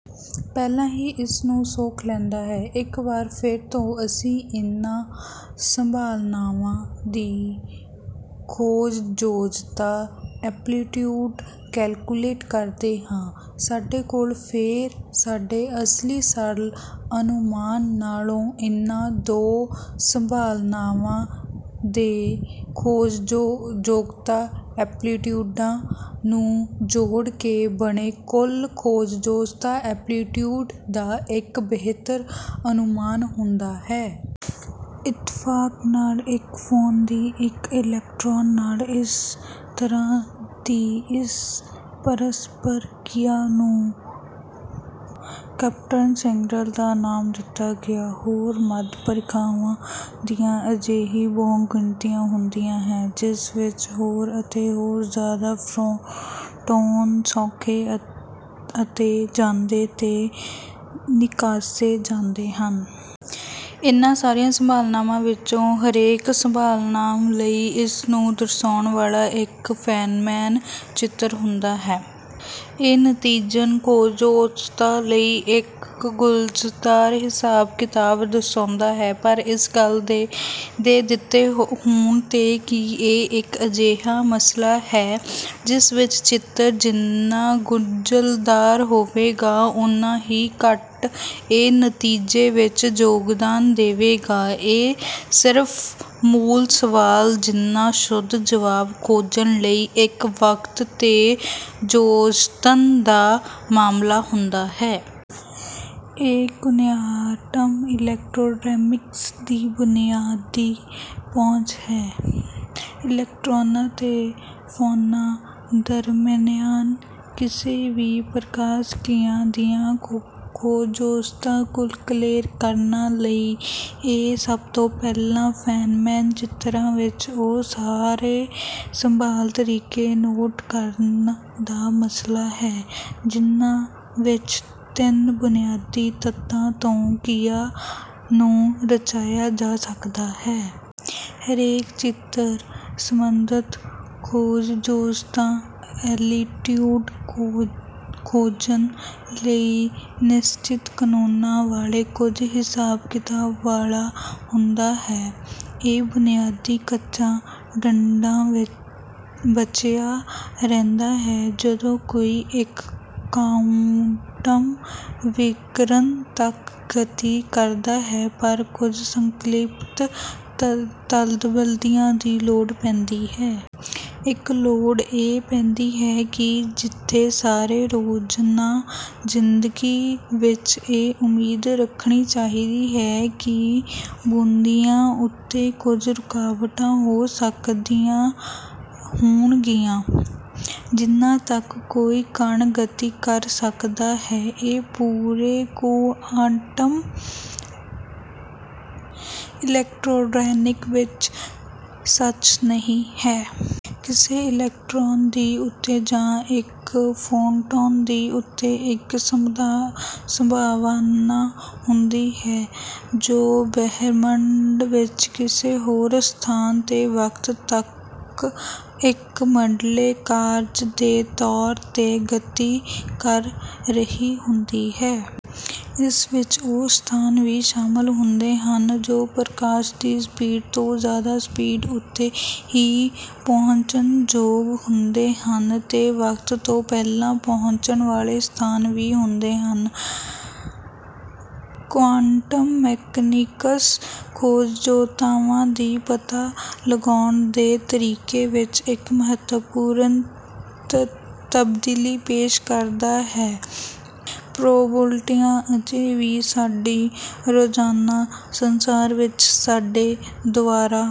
ਪਹਿਲਾਂ ਹੀ ਇਸ ਨੂੰ ਸੋਖ ਲੈਂਦਾ ਹੈ। ਇੱਕ ਵਾਰ ਫੇਰ ਤੋਂ ਅਸੀਂ ਇਹਨਾਂ ਸੰਭਾਵਨਾਵਾਂ ਦੀ ਖੋਜਯੋਗਤਾ ਐਂਪਲੀਟਿਊਡ ਕੈਲਕੁਲੇਟ ਕਰਦੇ ਹਾਂ। ਸਾਡੇ ਕੋਲ ਫੇਰ ਸਾਡੇ ਅਸਲੀ ਸਰਲ ਅਨੁਮਾਨ ਨਾਲੋਂ ਇਹਨਾਂ ਦੋ ਸੰਭਾਵਨਾਵਾਂ ਦੇ ਖੋਜਯੋਗਤਾ ਐਂਪਲੀਟਿਊਡਾਂ ਨੂੰ ਜੋੜ ਕੇ ਬਣੇ ਕੁੱਲ ਖੋਜਯੋਗਤਾ ਐਂਪਲੀਟਿਊਡ ਦਾ ਇੱਕ ਬੇਹਤਰ ਅਨੁਮਾਨ ਹੁੰਦਾ ਹੈ। ਇਤਫਾਕ ਨਾਲ ਇੱਕ ਫੋਟੌਨ ਦੀ ਇੱਕ ਇਲੈਕਟ੍ਰੌਨ ਨਾਲ ਇਸ ਤਰ੍ਹਾਂ ਦੀ ਇਸ ਪਰਸਪਰ ਕ੍ਰਿਆ ਨੂੰ ਕੌਂਪਟਨ ਸਕੈਟਰਿੰਗ ਦਾ ਨਾਮ ਦਿੱਤਾ ਗਿਆ ਹੈ। ਹੋਰ ਮੱਧ ਪ੍ਰਕ੍ਰਿਆਵਾਂ ਦੀ ਅਜਿਹੀ ਬਹੁਗਿਣਤੀ ਹੁੰਦੀ ਹੈ ਜਿਸ ਵਿੱਚ ਹੋਰ ਅਤੇ ਹੋਰ ਜਿਆਦਾ ਫੋਟੌਨ ਸੌਖੇ ਅਤੇ ਜਾਂਦੇ ਅਤੇ ਨਿਕਾਸੇ ਜਾਂਦੇ ਹਨ। ਇਹਨਾਂ ਸਾਰੀਆਂ ਸੰਭਾਵਨਾਵਾਂ ਵਿੱਚੋਂ ਹਰੇਕ ਸੰਭਾਵਨਾ ਲਈ ਇਸ ਨੂੰ ਦਰਸਾਉਣ ਵਾਲਾ ਇੱਕ ਫੇਨਮੈਨ ਚਿੱਤਰ ਹੁੰਦਾ ਹੈ। ਇਹ ਨਤੀਜਨ ਖੋਜਯੋਗਤਾ ਐਂਪਲੀਟਿਊਡਾਂ ਲਈ ਇੱਕ ਗੁੰਝਲਦਾਰ ਹਿਸਾਬ ਕਿਤਾਬ ਦਰਸਾਉਂਦਾ ਹੈ ਪਰ ਇਸ ਗੱਲ ਦੇ ਦਿੱਤੇ ਹੋਣ ਤੇ ਕਿ ਇਹ ਇੱਕ ਅਜਿਹਾ ਮਾਮਲਾ ਹੈ ਜਿਸ ਵਿੱਚ ਚਿੱਤਰ ਜਿੰਨਾ ਗੁੰਝਲਦਾਰ ਹੋਵੇਗਾ ਉੰਨਾ ਹੀ ਘੱਟ ਇਹ ਨਤੀਜੇ ਵਿੱਚ ਯੋਗਦਾਨ ਦੇਵੇਗਾ ਇਹ ਸਿਰਫ ਮੂਲ ਸਵਾਲ ਜਿੰਨਾ ਸ਼ੁੱਧ ਜਵਾਬ ਖੋਜਣ ਲਈ ਇੱਕ ਵਕਤ ਅਤੇ ਯਤਨ ਦਾ ਮਸਲਾ ਹੁੰਦਾ ਹੈ। ਇਹ ਕੁਆਂਟਮ ਇਲੈਕਟ੍ਰੋਡਾਇਨਾਮਿਕਸ ਦੀ ਬੁਨਿਆਦੀ ਪਹੁੰਚ ਹੈ। ਇਲੈਕਟ੍ਰੌਨਾਂ ਅਤੇ ਫੋਟੌਨਾਂ ਦਰਮਿਆਨ ਕਿਸੇ ਵੀ ਪਰਸਪਰ ਕ੍ਰਿਆ ਦੀ ਖੋਜਯੋਗਤਾ ਕੈਲਕੁਲੇਟ ਕਰਨ ਲਈ ਇਹ ਸਭ ਤੋਂ ਪਹਿਲਾਂ ਫੇਨਮੈਨ ਚਿੱਤਰਾਂ ਵਿੱਚ ਉਹ ਸਾਰੇ ਸੰਭਵ ਤਰੀਕੇ ਨੋਟ ਕਰਨ ਦਾ ਮਸਲਾ ਹੈ ਜਿਹਨਾਂ ਵਿੱਚ ਤਿੰਨ ਬੁਨਿਆਦੀ ਤੱਤਾਂ ਤੋਂ ਕ੍ਰਿਆ ਨੂੰ ਰਚਿਆ ਜਾ ਸਕਦਾ ਹੈ। ਹਰੇਕ ਚਿੱਤਰ ਸਬੰਧਤ ਖੋਜਯੋਗਤਾ ਐਂਪਲੀਟਿਊਡ ਖੋਜਣ ਲਈ ਨਿਸ਼ਚਿਤ ਕਨੂੰਨਾਂ ਵਾਲੇ ਕੁੱਝ ਹਿਸਾਬ ਕਿਤਾਬ ਵਾਲਾ ਹੁੰਦਾ ਹੈ। ਇਹ ਬੁਨਿਆਦੀ ਕੱਚਾ ਢਾਂਚਾ ਬਣਿਆ ਰਹਿੰਦਾ ਹੈ ਜਦੋਂ ਕੋਈ ਇੱਕ ਕੁਆਂਟਮ ਵਿਵਰਣ ਤੱਕ ਗਤੀ ਕਰਦਾ ਹੈ ਪਰ ਕੁੱਝ ਸੰਕਲਪਿਕ ਤਬਦੀਲੀਆਂ ਦੀ ਲੋੜ ਪੈਂਦੀ ਹੈ। ਇੱਕ ਲੋੜ ਇਹ ਪੈਂਦੀ ਹੈ ਕਿ ਜਿੱਥੇ ਸਾਨੂੰ ਰੋਜ਼ਾਨਾ ਜਿੰਦਗੀ ਵਿੱਚ ਇਹ ਉਮੀਦ ਰੱਖਣੀ ਚਾਹੀਦੀ ਹੈ ਕਿ ਬਿੰਦੂਆਂ ਉੱਤੇ ਕੁੱਝ ਰੁਕਾਵਟਾਂ ਹੋ ਸਕਦੀਆਂ ਹੋਣਗੀਆਂ ਜਿਹਨਾਂ ਤੱਕ ਕੋਈ ਕਣ ਗਤੀ ਕਰ ਸਕਦਾ ਹੈ ਇਹ ਪੂਰੇ ਕੁਆਂਟਮ ਇਲੈਕਟ੍ਰੋਡਾਇਨਾਮਿਕਸ ਵਿੱਚ ਸੱਚ ਨਹੀਂ ਹੈ। ਕਿਸੇ ਇਲੈਕਟ੍ਰੌਨ ਦੀ ਉੱਤੇ ਜਾਂ ਇੱਕ ਫੋਟੌਨ ਦੀ ਉੱਤੇ ਇੱਕ ਸੰਭਾਵਨਾ ਹੁੰਦੀ ਹੈ ਜੋ ਬ੍ਰਹਿਮੰਡ ਵਿੱਚ ਕਿਸੇ ਹੋਰ ਸਥਾਨ ਅਤੇ ਵਕਤ ਤੱਕ ਇੱਕ ਮੁਢਲੇ ਕਾਰਜ ਦੇ ਤੌਰ ਤੇ ਗਤੀ ਕਰ ਰਿਹਾ ਹੁੰਦਾ ਹੈ। ਇਸ ਵਿੱਚ ਉਹ ਸਥਾਨ ਵੀ ਸ਼ਾਮਿਲ ਹੁੰਦੇ ਹਨ ਜੋ ਪ੍ਰਕਾਸ਼ ਦੀ ਸਪੀਡ ਤੋਂ ਜਿਆਦਾ ਸਪੀਡ ਉੱਤੇ ਹੀ ਪਹੁੰਚਣਯੋਗ ਹੁੰਦੇ ਹਨ ਅਤੇ ਵਕਤ ਤੋਂ ਪਹਿਲਾਂ ਪਹੁੰਚਣ ਵਾਲੇ ਸਥਾਨ ਵੀ ਹੁੰਦੇ ਹਨ। ਕੁਆਂਟਮ ਮਕੈਨਿਕਸ ਖੋਜਯੋਗਤਾਵਾਂ ਦਾ ਪਤਾ ਲਗਾਉਣ ਦੇ ਤਰੀਕੇ ਵਿੱਚ ਇੱਕ ਮਹੱਤਵਪੂਰਨ ਤਬਦੀਲੀ ਪੇਸ਼ ਕਰਦਾ ਹੈ। ਪ੍ਰੋਬੇਬਿਲਟੀਆਂ ਅਜੇ ਵੀ ਸਾਡੀ ਰੋਜ਼ਾਨਾ ਸੰਸਾਰ ਵਿੱਚ ਸਾਡੇ ਦੁਆਰਾ